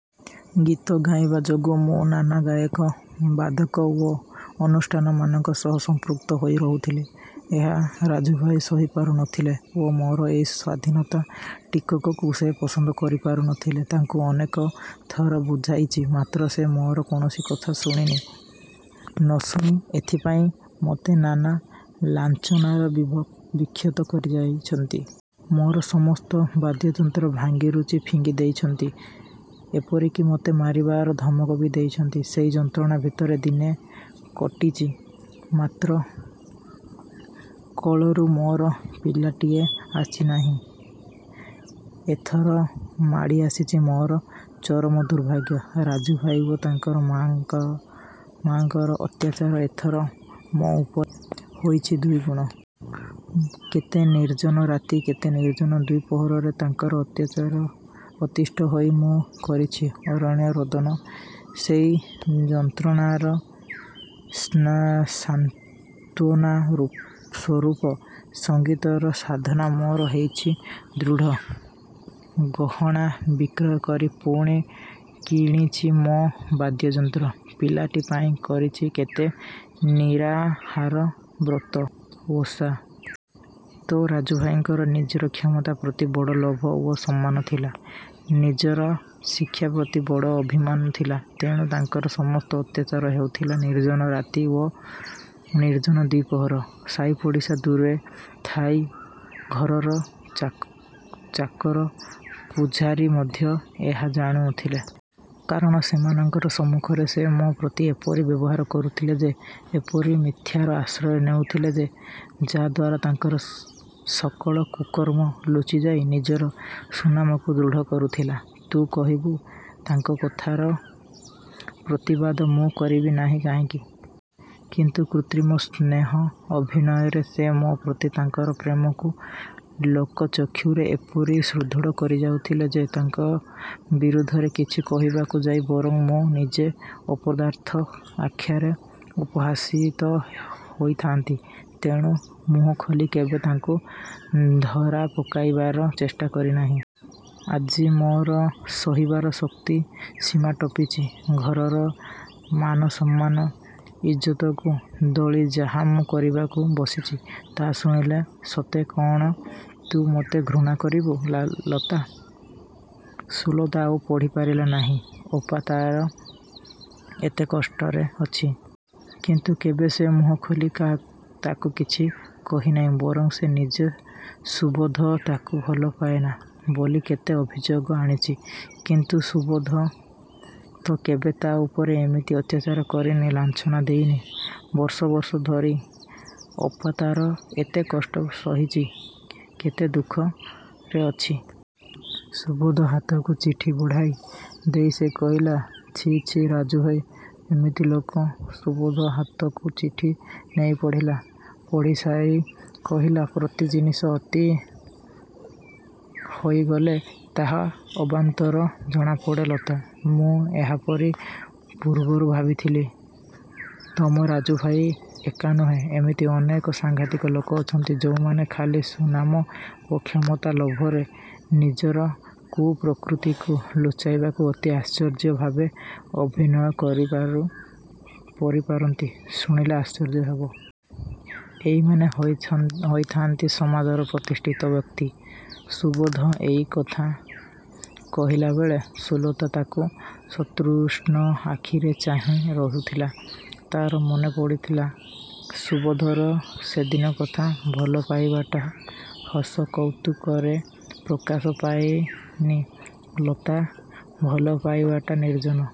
ଗୀତ ଗାଇବା ଯୋଗୁଁ ମୁଁ ନାନା ଗାୟକ, ବାଦକ ଓ ଅନୁଷ୍ଠାନମାନଙ୍କ ସହ ସଂପୃକ୍ତ ହୋଇ ରହୁଥିଲି। ଏହା ରାଜୁଭାଇ ସହିପାରୁ ନଥିଲେ ଓ ମୋର ଏଇ ସ୍ଵାଧୀନତା ଟିକକକୁ ସେ ପସନ୍ଦ କରିପାରୁ ନଥିଲେ। ତାଙ୍କୁ ଅନେକଥର ବୁଝାଇଚି, ମାତ୍ର ସେ ମୋର କୌଣସି କଥା ଶୁଣିନି ନଶୁଣି ଏଥିପାଇଁ ମତେ ନାନା ଲାଞ୍ଛନାରେ ବି ବିକ୍ଷତ କରିଯାଇଛନ୍ତି। ମୋର ସମସ୍ତ ବାଦ୍ୟଯନ୍ତ୍ର ଭାଙ୍ଗିରୁଜି ଫିଙ୍ଗି ଦେଇଛନ୍ତି, ଏପରିକି ମତେ ମାରିବାର ଧମକ ବି ଦେଇଚନ୍ତି। ସେଇ ଯନ୍ତ୍ରଣା ଭିତରେ ଦିନ କଟିଚି। ମାତ୍ର କୋଳରୁ ମୋର ପିଲାଟିଏ ଆସିନାହିଁ। ଏଥର ମାଡ଼ି ଆସିଚି ମୋର ଚରମ ଦୁର୍ଭାଗ୍ୟ। ରାଜୁଭାଇ ଓ ତାଙ୍କର ମା'ଙ୍କର ମା ଙ୍କର ଅତ୍ୟାଚାର ଏଥର ମୋ ଉପରେ ହୋଇଚି ଦୁଇଗୁଣ। କେତେ ନିର୍ଜନ ରାତି, କେତେ ନିର୍ଜନ ଦ୍ଵିପ୍ରହରରେ ତାଙ୍କର ଅତ୍ୟାଚାରରେ ଅତିଷ୍ଠ ହୋଇ ମୁଁ କରିଛି ଅରଣ୍ୟ ରୋଦନ। ସେଇ ଯନ୍ତ୍ରଣାର ସାନ୍ତ୍ୱନା ସ୍ୱରୂପ ସଙ୍ଗୀତର ସାଧନା ମୋର ହୋଇଚି ଦୃଢ଼। ଗହଣା ବିକ୍ରୟ କରି ପୁଣି କିଣିଚି ମୋ ବାଦ୍ୟଯନ୍ତ୍ର। ପିଲାଟି ପାଇଁ କରିଚି କେତେ ନିରାହାର ବ୍ରତ ଓଷା। ତୋ' ରାଜୁଭାଇଙ୍କର ନିଜର କ୍ଷମତା ପ୍ରତି ବଡ଼ ଲୋଭ ଓ ସମ୍ମାନ ଥିଲା। ନିଜର ଶିକ୍ଷାପ୍ରତି ବଡ଼ ଅଭିମାନ ଥିଲା, ତେଣୁ ତାଙ୍କର ସମସ୍ତ ଅତ୍ୟାଚାର ହେଉଥିଲା ନିର୍ଜନ ରାତି ଓ ନିର୍ଜନ ଦ୍ଵିପ୍ରହର। ସାଇପଡ଼ିଶା ଦୂରେ ଥାଉ ଘରର ଚାକର ପୂଝାରୀ ମଧ୍ୟ ଏହା ଜାଣୁ ନଥିଲେ। କାରଣ ସେମାନଙ୍କ ସମ୍ମୁଖରେ ସେ ମୋ ପ୍ରତି ଏପରି ବ୍ୟବହାର କରୁଥିଲେ ଯେ, ଏପରି ମିଥ୍ୟାର ଆଶ୍ରୟ ନେଉଥିଲେ ଯେ, ଯା' ଦ୍ଵାରା ତାଙ୍କର ସକଳ କୁକର୍ମ ଲୁଚିଯାଇ, ନିଜର ସୁନାମକୁ ଦୃଢ଼ କରୁଥିଲା। ତୁ କହିବୁ, ତାଙ୍କ କଥାର ପ୍ରତିବାଦ ମୁଁ କରିବି ନାହିଁ କାହିଁକି? କିନ୍ତୁ କୃତ୍ରିମ ସ୍ନେହ ଅଭିନୟରେ ସେ ମୋ' ପ୍ରତି ତାଙ୍କର ପ୍ରେମକୁ ଲୋକଚକ୍ଷୁରେ ଏପରି ସୁଦୃଢ଼ କରିଯାଇଥିଲେ ଯେ ତାଙ୍କ ବିରୁଦ୍ଧରେ କିଛି କହିବାକୁ ଯାଇ ବରଂ ମୁଁ ନିଜେ ଅପଦାର୍ଥ ଆଖ୍ୟାରେ ଉପହସିତ ହୋଇଥାନ୍ତି। ତେଣୁ ମୁହଁ ଖୋଲି କେବେ ତାଙ୍କୁ ଧରାପକାଇବାର ଚେଷ୍ଟା କରି ନାହିଁ। ଆଜି ମୋର ସହିବାର ଶକ୍ତି ସୀମା ଟପିଚି। ଘରର ମାନସମ୍ମାନ ଇଜ୍ଜତକୁ ଦଳି ଯାହା ମୁଁ କରିବାକୁ ବସିଚି, ତା ଶୁଣିଲେ ସତେ କ'ଣ ତୁ ମତେ ଘୃଣା କରିବୁ ଲତା?" ସୁଲତା ଆଉ ପଢ଼ି ପାରିଲା ନାହିଁ। ଅପା ତାର ଏତେ କଷ୍ଟରେ ଅଛି? କିନ୍ତୁ କେବେ ସେ ମୁହଁଖୋଲି ତାକୁ କିଛି କହିନାହିଁ। ବରଂ ସେ ନିଜେ ସୁବୋଧ ତାକୁ ଭଲପାଏନା ବୋଲି କେତେ ଅଭିଯୋଗ ଆଣିଚି। କିନ୍ତୁ ସୁବୋଧ ତ କେବେ ତା' ଉପରେ ଏମିତି ଅତ୍ୟାଚାର କରିନି, ଲାଞ୍ଛନା ଦେଇନି, ବର୍ଷ ବର୍ଷ ଧରି ଅପା ତାର ଏତେ କଷ୍ଟ ସହିଚି, କେତେ ଦୁଃଖରେ ଅଛି! ସୁବୋଧ ହାତକୁ ଚିଠି ବଢ଼ାଇ ଦେଇ ସେ କହିଲା, ଛି, ଛି, ରାଜୁଭାଇ ଏମିତି ଲୋକ ସୁବୋଧ ହାତକୁ ଚିଠି ନେଇ ପଢ଼ିଲା। ପଢ଼ିସାରି କହିଲା, ପ୍ରତି ଜିନିଷ ଅତି ହୋଇଗଲେ ତାହା ଅବାନ୍ତର ଜଣାପଡ଼େ ଲତା ମୁଁ ଏହାପରି ପୂର୍ବରୁ ଭାବିଥିଲି। ତମ ରାଜୁଭାଇ ଏକା ନୁହେଁ, ଏମିତି ଅନେକ ସାଙ୍ଘାତିକ ଲୋକ ଅଛନ୍ତି, ଯେଉଁମାନେ ଖାଲି ସୁନାମ ଓ କ୍ଷମତା ଲୋଭରେ ନିଜର କୁପ୍ରକୃତିକୁ ଲୁଚାଇବାକୁ ଅତି ଆଶ୍ଚର୍ଯ୍ୟଭାବେ ଅଭିନୟ କରିପାରନ୍ତି, ଶୁଣିଲେ ଆଶ୍ଚର୍ଯ୍ୟ ହେବ। ଏଇମାନେ ହୋଇଥାନ୍ତି ସମାଜର ପ୍ରତିଷ୍ଠିତ ବ୍ୟକ୍ତି। ସୁବୋଧ ଏଇ କଥା କହିଲାବେଳେ ସୁଲତା ତାକୁ ସତୃଷ୍ଣ ଆଖିରେ ଚାହିଁ ରହୁଥିଲା। ତାର ମନେ ପଡ଼ିଥିଲା ସୁବୋଧର ସେଦିନ କଥା ଭଲପାଇବାଟା ହସ କୌତୁକରେ ପ୍ରକାଶ ପାଏନି ଲତା, ଭଲପାଇବାଟା ନିର୍ଜନ।